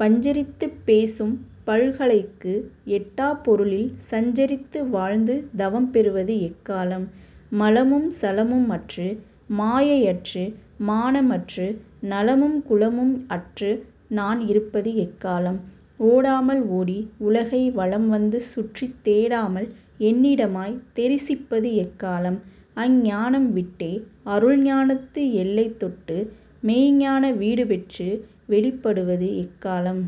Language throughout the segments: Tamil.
பஞ்சரித்துப் பேசும்பல்கலைக்கு எட்டாப் பொருளில் சஞ்சரித்து வாழ்ந்து தவம் பெறுவது எக்காலம்? மலமும் சலமும்அற்று மாயை அற்று மானம் அற்று நலமும் குலமும் அற்று நான் இருப்பது எக்காலம்? ஓடாமல் ஓடி உலகை வலம் வந்து சுற்றித் தேடாமல் என்னிடமாய்த் தெரிசிப்பது எக்காலம்? அஞ்ஞானம் விட்டே, அருள் ஞானத்து எல்லைதொட்டு மெய்ஞ்ஞான வீடுபெற்று வெளிப்படுவது எக்காலம்?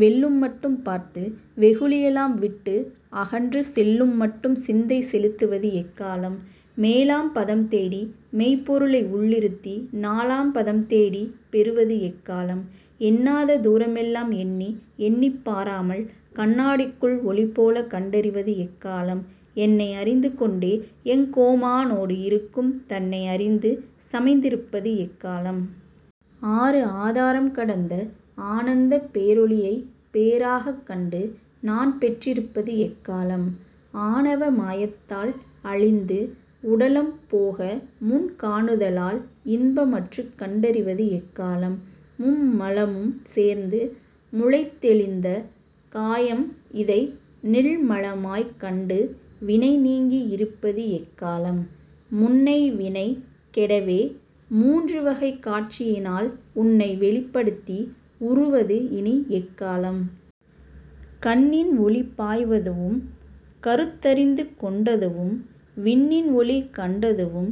வெல்லும்மட்டும் பார்த்து, வெகுளியெலாம் விட்டு அகன்று சொல்லுமட்டும் சிந்தை செலுத்துவது எக்காலம்? மேலாம் பதம்தேடி மெய்ப்பொருளை உள்இருத்தி நாலாம் பதம் தேடி நான் பெறுவது எக்காலம்? எண்ணாத தூரம் எல்லாம் எண்ணி எண்ணிப் பாராமல் கண்ணாடிக்குள் ஒளிபோல கண்டறிவது எக்காலம்? என்னை அறிந்து கொண்டே எங்கோமானோடு இருக்கும் தன்மை அறிந்து சமைந்திருப்பது எக்காலம்? ஆறு ஆதாரம் கடந்த ஆனந்தப் பேரொளியை பேறாகக் கண்டு நான் பெற்றிருப்பது எக்காலம்? ஆணவ மாயத்தால் அழிந்து உடலம் போகாமுன் காணுதலால் இன்பமற்றுக் கண்டறிவது எக்காலம்? மும்மலமும் சேர்ந்து முளைத்தெழுந்த காயம் இதை நில்மலமாய்க் கண்டு வினை நீங்கி இருப்பது எக்காலம்? முன்னை வினை கெடவே மூன்று வகைக் காட்சியினால் உன்னை வெளிப்படுத்தி உறுவது இனி எக்காலம்? கண்ணின் ஒளி பாய்ந்ததுவும் கருத்தறிந்து கொண்டதுவும் விண்ணின் ஒளி கண்டதுவும்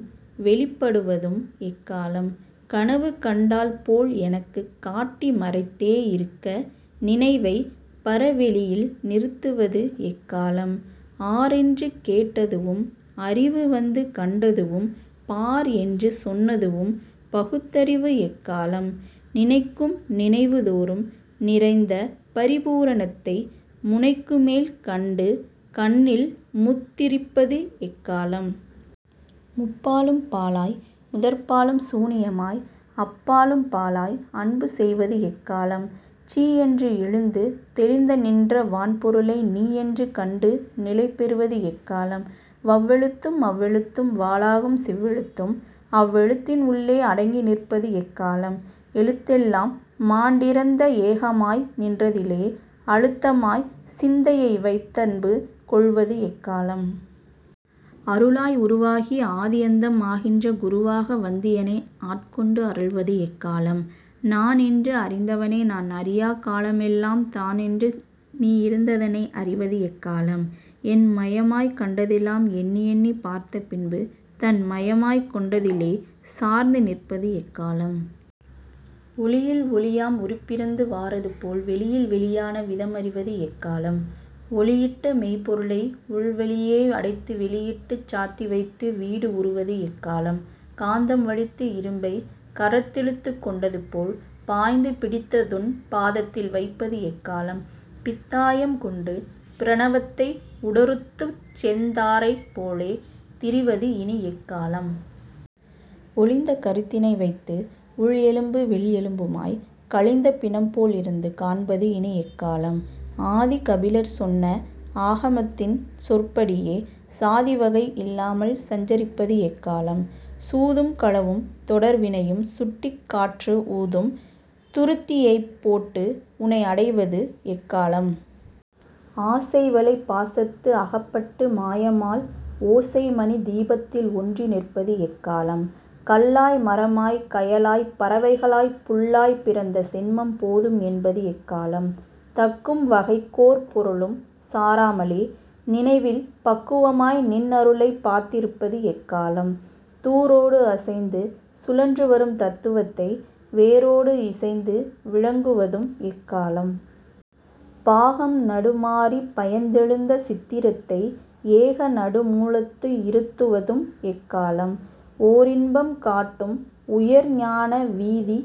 வெளிப்படுவதும் எக்காலம்? கனவு கண்டால் போல் எனக்குக் காட்டி மறைத்தே இருக்க நினைவைப் பரவெளியில் நிறுத்துவது எக்காலம்? ஆர் என்று கேட்டதுவும் அறிவு வந்து கண்டதுவும் பார் என்று சொன்னதுவும் பகுத்தறிவது எக்காலம்? நினைக்கும் நினைவுதோறும் நிறைந்த பரிபூரணத்தை முனைக்குமேல் கண்டு கண்ணில் முத்துதிர்ப்பது எக்காலம்? முப்பாழும் பாழாய், முதற்பாழும் சூனியமாய் அப்பாழும் பாழாய் அன்பு செய்வது எக்காலம்? சீ யென்று எழுந்து தெளிந்து நின்ற வான் பொருளை நீ யென்று கண்டு நிலை பெறுவது எக்காலம்? வவ்வெழுத்தும் மவ்வெழுத்தும் வாளாகும் சிவ்வெழுத்தும் அவ்வெழுத்தின் உள்ளே அடங்கி நிற்பது எக்காலம்? எழுத்தெல்லாம் மாண்டிறந்தே ஏகமாய் நின்றதிலே அழுத்தமாய்ச் சிந்தையை வைத்தன்பு கொள்வது எக்காலம்? அருளாய் உருவாகி ஆதி அந்தம் ஆகின்ற குருவாக வந்து எனை ஆட்கொண்டு அருள்வது எக்காலம்? நான் என்று அறிந்தவனை நான் அறியாக் காலம் எல்லாம் தான் என்று நீ இருந்ததனை அறிவது எக்காலம்? என் மயமாய்க் கண்டதெல்லாம் எண்ணி எண்ணிப் பார்த்த பின்பு தன் மயமாய்க் கொண்டதிலே சார்ந்து நிற்பது எக்காலம்? ஒளியில் ஒளியாம் உருப்பிறந்த வாறதுபோல் வெளியில் வெளியான விதம் அறிவது எக்காலம்? ஒளிஇட்ட மெய்ப்பொருளை உள் வழியிலே அடைத்து வெளியிட்டுச் சாத்திவைத்து வீடு உறுவது எக்காலம்? காந்தம் வலித்து இரும்பைக் கரத்திழுத்துக் கொண்டதுபோல் பாய்ந்து பிடித்திழுத்துன் பாதத்தில் வைப்பது எக்காலம்? பித்தாயம் கொண்டு பிரணவத்தை ஊடறுத்துச் செந்தாரைப் போலே திரிவது இனி எக்காலம்? ஒழிந்த கருத்தினை வைத்து உள் எலும்பு வெள் எலும்பாய்க் கழிந்த பிணம் போல் இருந்து காண்பது இனி எக்காலம்? ஆதிகபிலர் சொன்ன ஆகமத்தின் சொற்படியே சாதிவகை இல்லாமல் சஞ்சரிப்பது எக்காலம்? சூதும் களவும் தொடர்வினையும் சுட்டிக் காற்று ஊதும் துருத்தியைப் போட்டு உனை அடைவது எக்காலம்? ஆசைவலைப் பாசத்து அகப்பட்டு மாயாமல் ஓசைமணித் தீபத்தில் ஒன்றி நிற்பது எக்காலம்? கல்லாய் மரமாய்க் கயலாய்ப் பறவைகளாய்ப் புல்லாய் பிறந்த சென்மம் போதும் என்பது எக்காலம்? தக்கும் வகைக்கோர் பொருளும் சாராமலே நினைவில் பக்குவமாய் நின் அருளைப் பார்த்திருப்பது எக்காலம்? தூரோடு அசைந்து சுழன்று வரும் தத்துவத்தை வேரோடு இசைந்து விளங்குவதும் எக்காலம்? பாகம் நடு மாறிப் பயந்தெழுந்த சித்திரத்தை ஏகநடு மூலத்து இருத்துவதும் எக்காலம்? ஓரின்பம் காட்டும் உயர்ஞான வீதி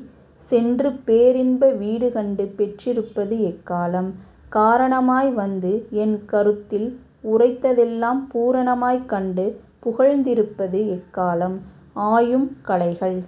சென்று பேரின்ப வீடுகண்டு பெற்றிருப்பது எக்காலம்? காரணமாய் வந்து என் கருத்தில் உரைத்ததெல்லாம் பூரணமாக் கண்டு புகழ்ந்திருப்பது எக்காலம்? ஆயும் கலைகள்